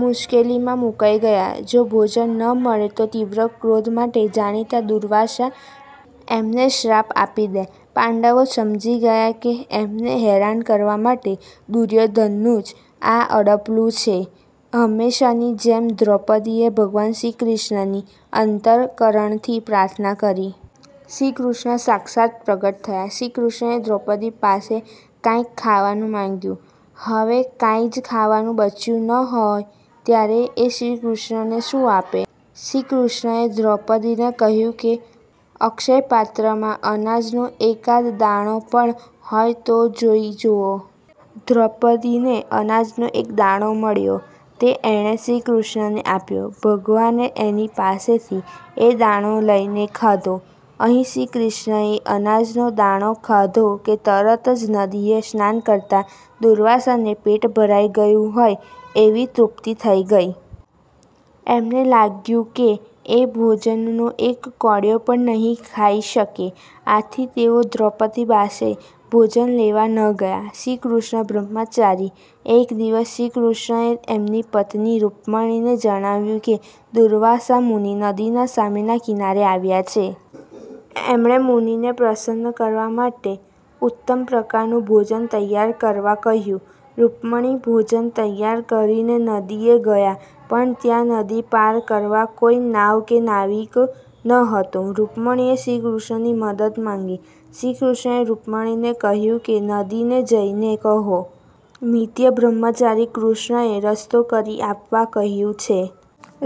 મુશ્કેલીમાં મુકાઇ ગયા. જો ભોજન ન મળે તો તીવ્ર ક્રોધ માટે જાણીતા દુર્વાસા એમને શ્રાપ આપી દે. પાંડવો સમજી ગયા કે એમને હેરાન કરવા માટે દુર્યોધનનું જ આ અડપલું છે. હંમેશની જેમ દ્રૌપદીએ ભગવાન શ્રીકૃષ્ણની અંત:કરણથી પ્રાર્થના કરી. શ્રીકૃષ્ણ સાક્ષાત પ્રગટ થયા! શ્રીકૃષ્ણએ દ્રૌપદી પાસે કાંઇક ખાવાનું માંગ્યું. હવે કાંઈ જ ખાવાનું બચ્યું ન હોય ત્યારે એ શ્રીકૃષ્ણને શું આપે? શ્રીકૃષ્ણએ દ્રૌપદીને કહ્યું કે અક્ષયપાત્રમાં અનાજનો એકાદ દાણો પણ હોય તો જોઈ જુએ. દ્રૌપદીને અનાજનો એક દાણો મળ્યો તે એણે શ્રીકૃષ્ણને આપ્યો. ભગવાને એની પાસેથી એ દાણો લઈને ખાધો. અહીં શ્રીકૃષ્ણએ અનાજનો દાણો ખાધો કે તરત જ નદીએ સ્નાન કરતા દુર્વાસાને પેટ ભરાઈ ગયું હોય એવી તૃપ્તિ થઇ ગઈ! એમને લાગ્યું કે એ ભોજનનો એક કોળિયો પણ નહીં ખાઈ શકે. આથી તેઓ દ્રૌપદી પાસે ભોજન લેવા ન ગયા. શ્રીકૃષ્ણ બ્રહ્મચારી એક દિવસ શ્રીકૃષ્ણએ એમની પત્ની રુકમિણીને જણાવ્યું કે દુર્વાસા મુનિ નદીના સામેના કિનારે આવ્યા છે. એમણે મુનિને પ્રસન્ન કરવા માટે ઉત્તમ પ્રકારનું ભોજન તૈયાર કરવા કહ્યું. રુકમિણી ભોજન તૈયાર કરીને નદીએ ગયાં પણ ત્યાં નદી પાર કરાવવા કોઈ નાવ કે નાવિક નહોતા. રુકમિણીએ શ્રીકૃષ્ણની મદદ માંગી. શ્રીકૃષ્ણએ રુકમિણીને કહ્યું કે નદીને જઈને કહો, "નિત્ય બ્રહ્મચારી કૃષ્ણએ રસ્તો કરી આપવા કહ્યું છે".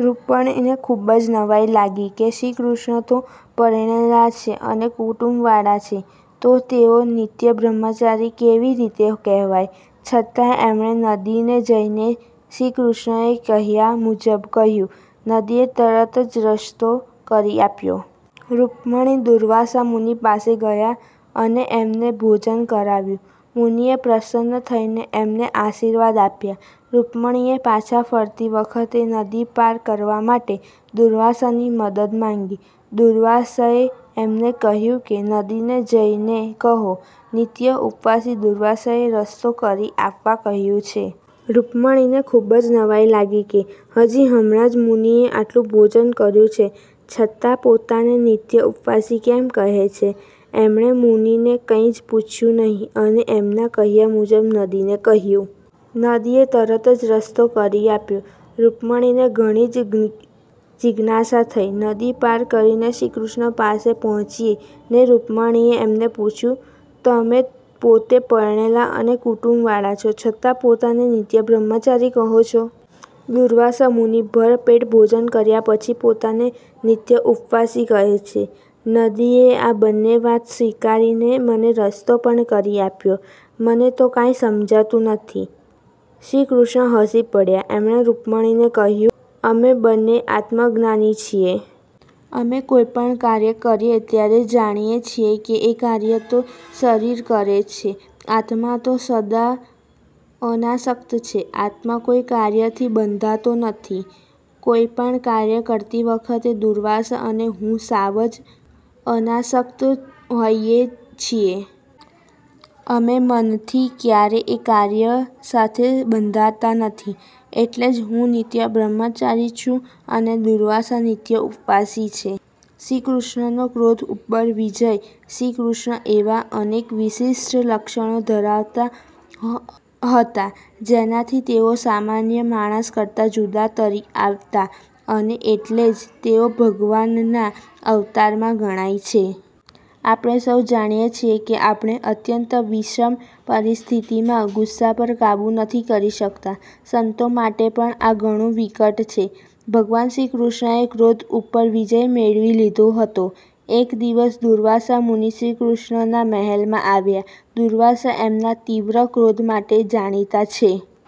રુકમિણીને ખુબ જ નવાઈ લાગી કે શ્રીકૃષ્ણ તો પરણેલા છે અને કુટુંબ વાળા છે તો તેઓ નિત્ય બ્રહ્મચારી કેવી રીતે કહેવાય? છતાંય એમણે નદીને જઈને શ્રીકૃષ્ણએ કહ્યા મુજબ કહ્યું. નદીએ તરત જ રસ્તો કરી આપ્યો. રુકમિણી દુર્વાસા મુનિ પાસે ગયાં અને એમને ભોજન કરાવ્યું. મુનિએ પ્રસન્ન થઈને એમને આશીર્વાદ આપ્યા. રુકમિણીએ પાછા ફરતી વખતે નદી પાર કરવા માટે દુર્વાસાની મદદ માંગી. દુર્વાસાએ એમને કહ્યું કે નદીને જઈને કહો, "નિત્ય ઉપવાસી દુર્વાસાએ રસ્તો કરી આપવા કહ્યું છે". રુકમિણીને ખુબ જ નવાઈ લાગી કે હજી હમણાં જ મુનિએ આટલું ભોજન કર્યું છે છતાં પોતાને નિત્ય ઉપવાસી કેમ કહે છે? એમણે મુનિને કાંઈ જ પૂછ્યું નહીં અને એમના કહ્યા મુજબ નદીને કહ્યું. નદીએ તરત જ રસ્તો કરી આપ્યો. રુકમિણીને ઘણી જ જીજ્ઞાસા થઇ. નદી પાર કરીને શ્રીકૃષ્ણ પાસે પહોંચીને રુકમિણીએ એમને પૂછ્યું, "તમે પોતે પરણેલા અને કુટુંબ વાળા છો છતાં પોતાને નિત્ય બ્રહ્મચારી કહો છો. દુર્વાસા મુનિ ભરપેટ ભોજન કર્યા પછી પોતાને નિત્ય ઉપવાસી કહે છે. નદીએ આ બંને વાત સ્વીકારીને મને રસ્તો પણ કરી આપ્યો. મને તો કાંઈ સમજાતું નથી". શ્રીકૃષ્ણ હસી પડ્યા. એમણે રુકમિણીને કહ્યું, "અમે બંને આત્મજ્ઞાની છીએ. અમે કોઈ પણ કાર્ય કરીએ ત્યારે જાણીએ છીએ કે એ કાર્ય તો શરીર કરે છે. આત્મા તો સદા અનાસક્ત છે આત્મા કોઈ કાર્યથી બંધાતો નથી. કોઈ પણ કાર્ય કરતી વખતે દુર્વાસા અને હું સાવ જ અનાસક્ત હોઈએ છીએ. અમે મનથી ક્યારેય એ કાર્ય સાથે બંધાતા નથી. એટલે જ હું નિત્ય બ્રહ્મચારી છું અને દુર્વાસા નિત્ય ઉપવાસી છે". શ્રીકૃષ્ણનો ક્રોધ ઉપર વિજય શ્રીકૃષ્ણ એવા અનેક વિશિષ્ઠ લક્ષણો ધરાવતા હતા જેનાથી તેઓ સામાન્ય માણસ કરતાં જુદા તરી આવતા અને એટલે જ તેઓ ભગવાનના અવતાર ગણાય છે. આપણે સૌ જાણીએ છીએ કે આપણે અત્યંત વિષમ પરિસ્થિતિમાં ગુસ્સા પર કાબુ નથી કરી શકતા. સંતો માટે પણ આ ઘણું વિકટ છે. ભગવાન શ્રીકૃષ્ણએ ક્રોધ ઉપર વિજય મેળવી લીધો હતો. એક દિવસ દુર્વાસા મુનિ શ્રીકૃષ્ણના મહેલમાં આવ્યા. દુર્વાસા એમના તીવ્ર ક્રોધ માટે જાણીતા છે.